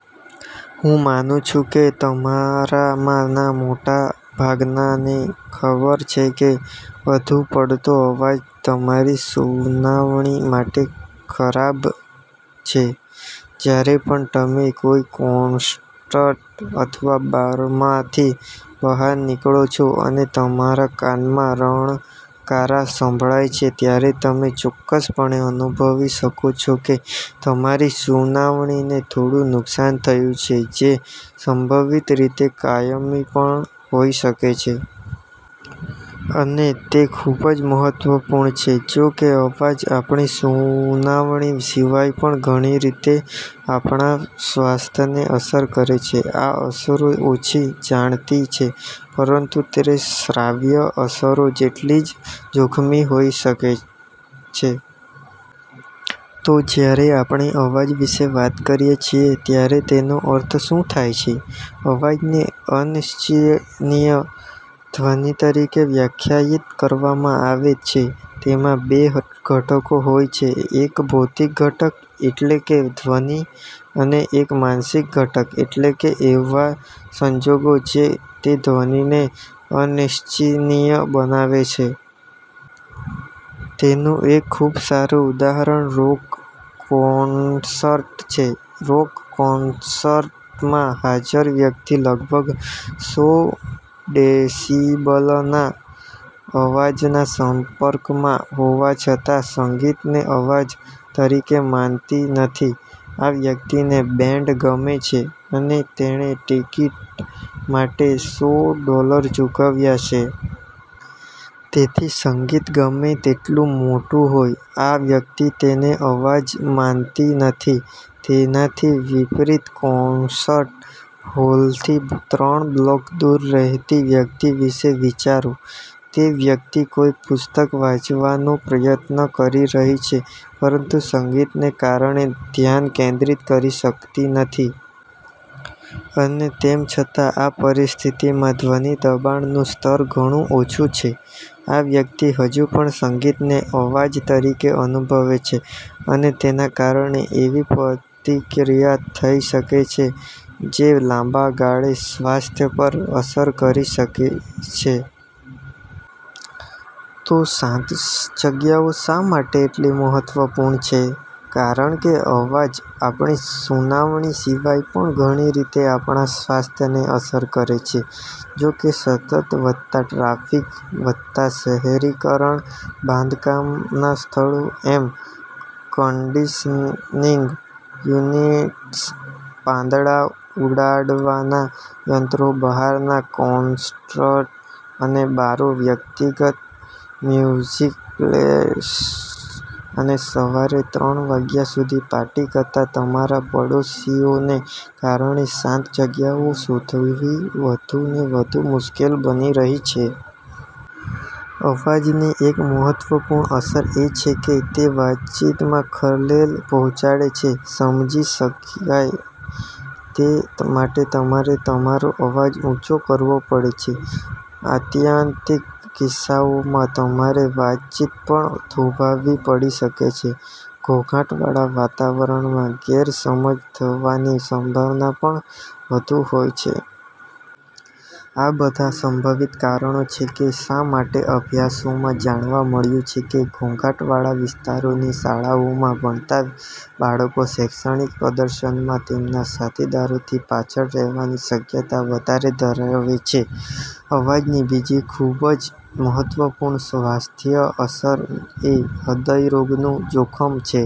હું માનું છું કે તમારામાંના મોટા ભાગનાને ખબર છે કે વધુ પડતો અવાજ તમારી સુનાવણી માટે ખરાબ છે. જ્યારે પણ તમે કોઈ કોન્સર્ટ અથવા બારમાંથી બહાર નીકળો છો અને તમારા કાનમાં રણકારા સંભળાય છે, ત્યારે તમે ચોક્કસપણે અનુભવી શકો છો કે તમારી સુનાવણીને થોડું નુકસાન થયું છે, જે સંભવિત રીતે કાયમી પણ હોઈ શકે છે. અને તે ખૂબ જ મહત્વપૂર્ણ છે. જોકે, અવાજ આપણી સુનાવણી સિવાય પણ ઘણી રીતે આપણા સ્વાસ્થ્યને અસર કરે છે. આ અસરો ઓછી જાણીતી છે, પરંતુ તે શ્રાવ્ય અસરો જેટલી જ જોખમી હોઈ શકે છે. તો જ્યારે આપણે અવાજ વિશે વાત કરીએ છીએ, ત્યારે તેનો અર્થ શું થાય છે? અવાજને અનિચ્છનીય ધ્વનિ તરીકે વ્યાખ્યાયિત કરવામાં આવે છે. તેમાં બે ઘટકો હોય છે: એક ભૌતિક ઘટક, એટલે કે ધ્વનિ, અને એક માનસિક ઘટક, એટલે કે એવા સંજોગો જે તે ધ્વનિને અનિચ્છનીય બનાવે છે. તેનું એક ખૂબ સારું ઉદાહરણ રોક કોન્સર્ટ છે. રોક કોન્સર્ટમાં હાજર વ્યક્તિ લગભગ સો ડેસિબલના અવાજના સંપર્કમાં હોવા છતાં સંગીતને અવાજ તરીકે માનતી નથી. આ વ્યક્તિને બેન્ડ ગમે છે અને તેણે ટિકિટ માટે સો ડોલર ચૂકવ્યા છે. તેથી સંગીત ગમે તેટલું મોટું હોય, આ વ્યક્તિ તેને અવાજ માનતી નથી. તેનાથી વિપરીત, કોન્સર્ટ હોલથી ત્રણ બ્લોક દૂર રહેતી વ્યક્તિ વિશે વિચારો. તે વ્યક્તિ કોઈ પુસ્તક વાંચવાનો પ્રયત્ન કરી રહી છે, પરંતુ સંગીતને કારણે ધ્યાન કેન્દ્રિત કરી શકતી નથી. અને તેમ છતાં આ પરિસ્થિતિમાં ધ્વનિ દબાણનું સ્તર ઘણું ઓછું છે, આ વ્યક્તિ હજુ પણ સંગીતને અવાજ તરીકે અનુભવે છે અને તેના કારણે એવી પ્રતિક્રિયા થઈ શકે છે, જે લાંબા ગાળે સ્વાસ્થ્ય પર અસર કરી શકે છે. તો શાંત જગ્યાઓ શા માટે એટલી મહત્વપૂર્ણ છે? કારણ કે અવાજ આપણી સુનાવણી સિવાય પણ ઘણી રીતે આપણા સ્વાસ્થ્યને અસર કરે છે. જોકે, સતત વધતા ટ્રાફિક, વધતા શહેરીકરણ, બાંધકામના સ્થળો, એર કન્ડિશનિંગ યુનિટ્સ, પાંદડાં ઉડાડવાના યંત્રો, બહારના કોન્સર્ટ અને બારો, વ્યક્તિગત મ્યુઝિક પ્લેયર્સ અને સવારે ત્રણ વાગ્યા સુધી પાર્ટી કરતા તમારા પડોશીઓને કારણે શાંત જગ્યાઓ શોધવી વધુને વધુ મુશ્કેલ બની રહી છે. અવાજની એક મહત્વપૂર્ણ અસર એ છે કે તે વાતચીતમાં ખલેલ પહોંચાડે છે. સમજી શકાય તે માટે તમારે તમારો અવાજ ઊંચો કરવો પડે છે. આત્યંતિક કિસ્સાઓમાં, તમારે વાતચીત પણ થોભાવવી પડી શકે છે. ઘોંઘાટવાળા વાતાવરણમાં ગેરસમજ થવાની સંભાવના પણ વધુ હોય છે. આ બધાં સંભવિત કારણો છે કે શા માટે અભ્યાસોમાં જાણવા મળ્યું છે કે ઘોંઘાટવાળા વિસ્તારોની શાળાઓમાં ભણતાં બાળકો શૈક્ષણિક પ્રદર્શનમાં તેમના સાથીદારોથી પાછળ રહેવાની શક્યતા વધારે ધરાવે છે. અવાજની બીજી ખૂબ જ મહત્વપૂર્ણ સ્વાસ્થ્ય અસર એ હૃદયરોગનું જોખમ છે.